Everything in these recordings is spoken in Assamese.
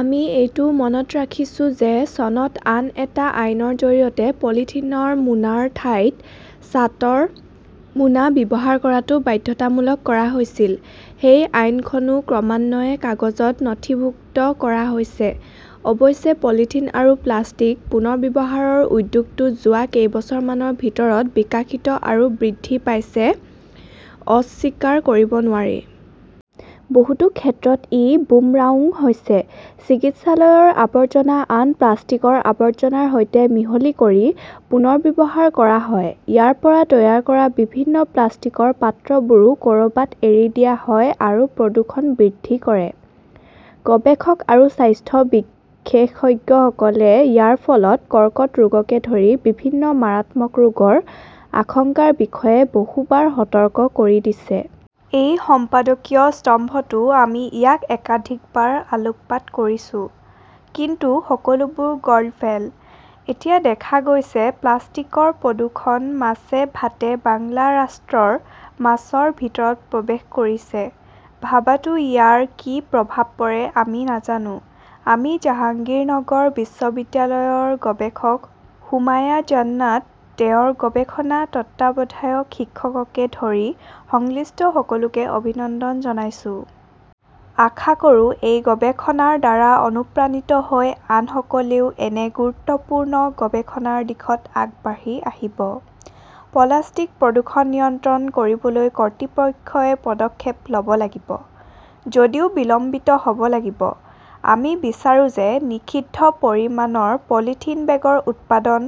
আমি এইটোও মনত ৰাখিছোঁ যে চনত আন এটা আইনৰ জৰিয়তে পলিথিনৰ মোনাৰ ঠাইত চাটৰ মোনা ব্যৱহাৰ কৰাটো বাধ্যতামূলক কৰা হৈছিল। সেই আইনখনও ক্ৰমান্বয়ে কাগজত নথিভুক্ত কৰা হৈছে। অৱশ্যে, পলিথিন আৰু প্লাষ্টিক পুনৰ্ব্যৱহাৰৰ উদ্যোগটো যোৱা কেইবছৰমানৰ ভিতৰত বিকশিত আৰু বৃদ্ধি পাইছে-অস্বীকাৰ কৰিব নোৱাৰি। বহুতো ক্ষেত্ৰত ই বুমৰাংও হৈছে। চিকিৎসালয়ৰ আৱৰ্জনা আন প্লাষ্টিকৰ আৱৰ্জনাৰ সৈতে মিহলি কৰি পুনৰ্ব্যৱহাৰ কৰা হয়; ইয়াৰ পৰা তৈয়াৰ কৰা বিভিন্ন প্লাষ্টিকৰ পাত্ৰবোৰো ক’ৰবাত এৰি দিয়া হয় আৰু প্ৰদূষণ বৃদ্ধি কৰে। গৱেষক আৰু স্বাস্থ্য বিশেষজ্ঞসকলে ইয়াৰ ফলত কৰ্কট ৰোগকে ধৰি বিভিন্ন মাৰাত্মক ৰোগৰ আশংকাৰ বিষয়ে বহুবাৰ সতৰ্ক কৰি দিছে। এই সম্পাদকীয় স্তম্ভতো আমি ইয়াক একাধিকবাৰ আলোকপাত কৰিছো। কিন্তু সকলোবোৰ গৰ্ল ভেল! এতিয়া দেখা গৈছে-প্লাষ্টিকৰ প্ৰদূষণ 'মাছে ভাতে বাংলা ৰাষ্ট্ৰৰ মাছৰ ভিতৰত প্ৰৱেশ কৰিছে। ভাৱাতো ইয়াৰ কি প্ৰভাৱ পৰে আমি নাজানো। আমি জাহাঙ্গীৰনগৰ বিশ্ববিদ্যালয়ৰ গৱেষক সুমাইয়া জাননাত, তেওঁৰ গৱেষণা তত্ত্বাৱধায়ক শিক্ষককে ধৰি সংশ্লিষ্ট সকলোকে অভিনন্দন জনাইছো। আশা কৰোঁ এই গৱেষণাৰ দ্বাৰা অনুপ্ৰাণিত হৈ আনসকলেও এনে গুৰুত্বপূৰ্ণ গৱেষণাৰ দিশত আগবাঢ়ি আহিব। পলাস্টিক প্ৰদূষণ নিয়ন্ত্ৰণ কৰিবলৈ কৰ্তৃপক্ষই পদক্ষেপ ল’ব লাগিব, যদিও বিলম্বিত হ’ব লাগিব। আমি বিচাৰো যে নিষিদ্ধ পৰিমাণৰ পলিথিন বেগৰ উৎপাদন,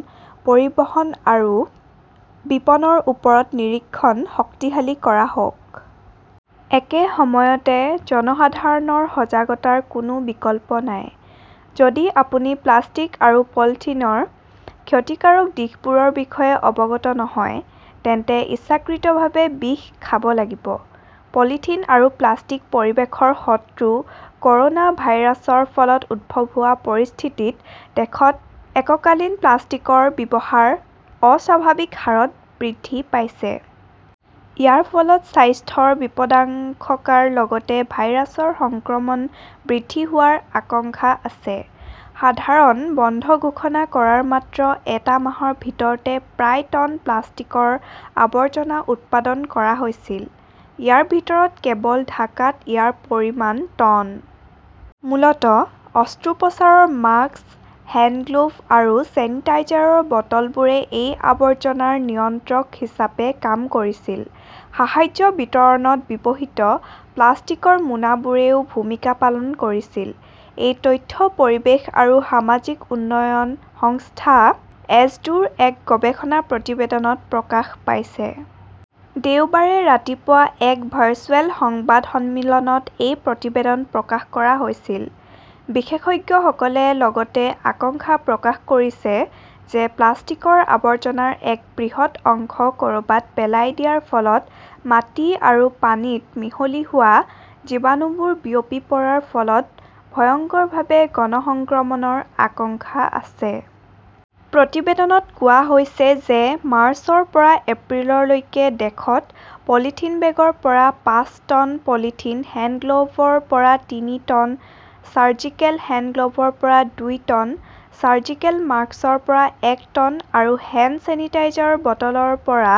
পৰিবহণ আৰু বিপণনৰ ওপৰত নিৰীক্ষণ শক্তিশালী কৰা হওক। একে সময়তে, জনসাধাৰণৰ সজাগতাৰ কোনো বিকল্প নাই। যদি আপুনি প্লাষ্টিক আৰু পলিথিনৰ ক্ষতিকাৰক দিশবোৰৰ বিষয়ে অৱগত নহয় তেন্তে ইচ্ছাকৃতভাৱে বিষ খাব লাগিব। পলিথিন আৰু প্লাষ্টিক পৰিৱেশৰ শত্ৰু ক’ৰ’না ভাইৰাছৰ ফলত উদ্ভৱ হোৱা পৰিস্থিতিত দেশত এককালীন প্লাষ্টিকৰ ব্যৱহাৰ অস্বাভাৱিক হাৰত বৃদ্ধি পাইছে। ইয়াৰ ফলত স্বাস্থ্যৰ বিপদাশংকাৰ লগতে ভাইৰাছৰ সংক্ৰমণ বৃদ্ধি হোৱাৰ আশংকা আছে। সাধাৰণ বন্ধ ঘোষণা কৰাৰ মাত্ৰ এটা মাহৰ ভিতৰতে প্ৰায় টন প্লাষ্টিকৰ আৱৰ্জনা উৎপাদন কৰা হৈছিল। ইয়াৰ ভিতৰত কেৱল ঢাকাত ইয়াৰ পৰিমাণ টন। মূলতঃ অস্ত্ৰোপচাৰৰ মাস্ক, হেণ্ডগ্লাভ আৰু ছেনিটাইজাৰৰ বটলবোৰে এই আৱৰ্জনাৰ নিয়ন্ত্ৰক হিচাপে কাম কৰিছিল। সাহায্য বিতৰণত ব্যৱহৃত প্লাষ্টিকৰ মোনাবোৰেও ভূমিকা পালন কৰিছিল। এই তথ্য পৰিৱেশ আৰু সামাজিক উন্নয়ন সংস্থা-এছডোৰ এক গৱেষণা প্ৰতিবেদনত প্ৰকাশ পাইছে। দেওবাৰে ৰাতিপুৱা এক ভাৰ্চুৱেল সংবাদ সন্মিলনত এই প্ৰতিবেদন প্ৰকাশ কৰা হৈছিল। বিশেষজ্ঞসকলে লগতে আশংকা প্ৰকাশ কৰিছে যে প্লাষ্টিকৰ আৱৰ্জনাৰ এক বৃহৎ অংশ ক’ৰবাত পেলাই দিয়াৰ ফলত মাটি আৰু পানীত মিহলি হোৱা জীৱাণুবোৰ বিয়পি পৰাৰ ফলত ভয়ংকৰভাৱে গণ সংক্ৰমণৰ আশংকা আছে। প্ৰতিবেদনত কোৱা হৈছে যে মাৰ্চৰ পৰা এপ্ৰিললৈকে দেশত পলিথিন বেগৰ পৰা পাঁচ, টন, পলিথিন হেণ্ডগ্লাভৰ পৰা তিনি, টন, চাৰ্জিকেল হেণ্ডগ্লাভৰ পৰা দুই, টন, চাৰ্জিকেল মাস্কৰ পৰা এক, টন আৰু হেণ্ড ছেনিটাইজাৰৰ বটলৰ পৰা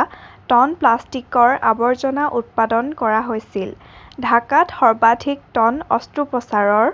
টন প্লাষ্টিকৰ আৱৰ্জনা উৎপাদন কৰা হৈছিল। ঢাকাত সৰ্বাধিক টন অস্ত্ৰোপচাৰৰ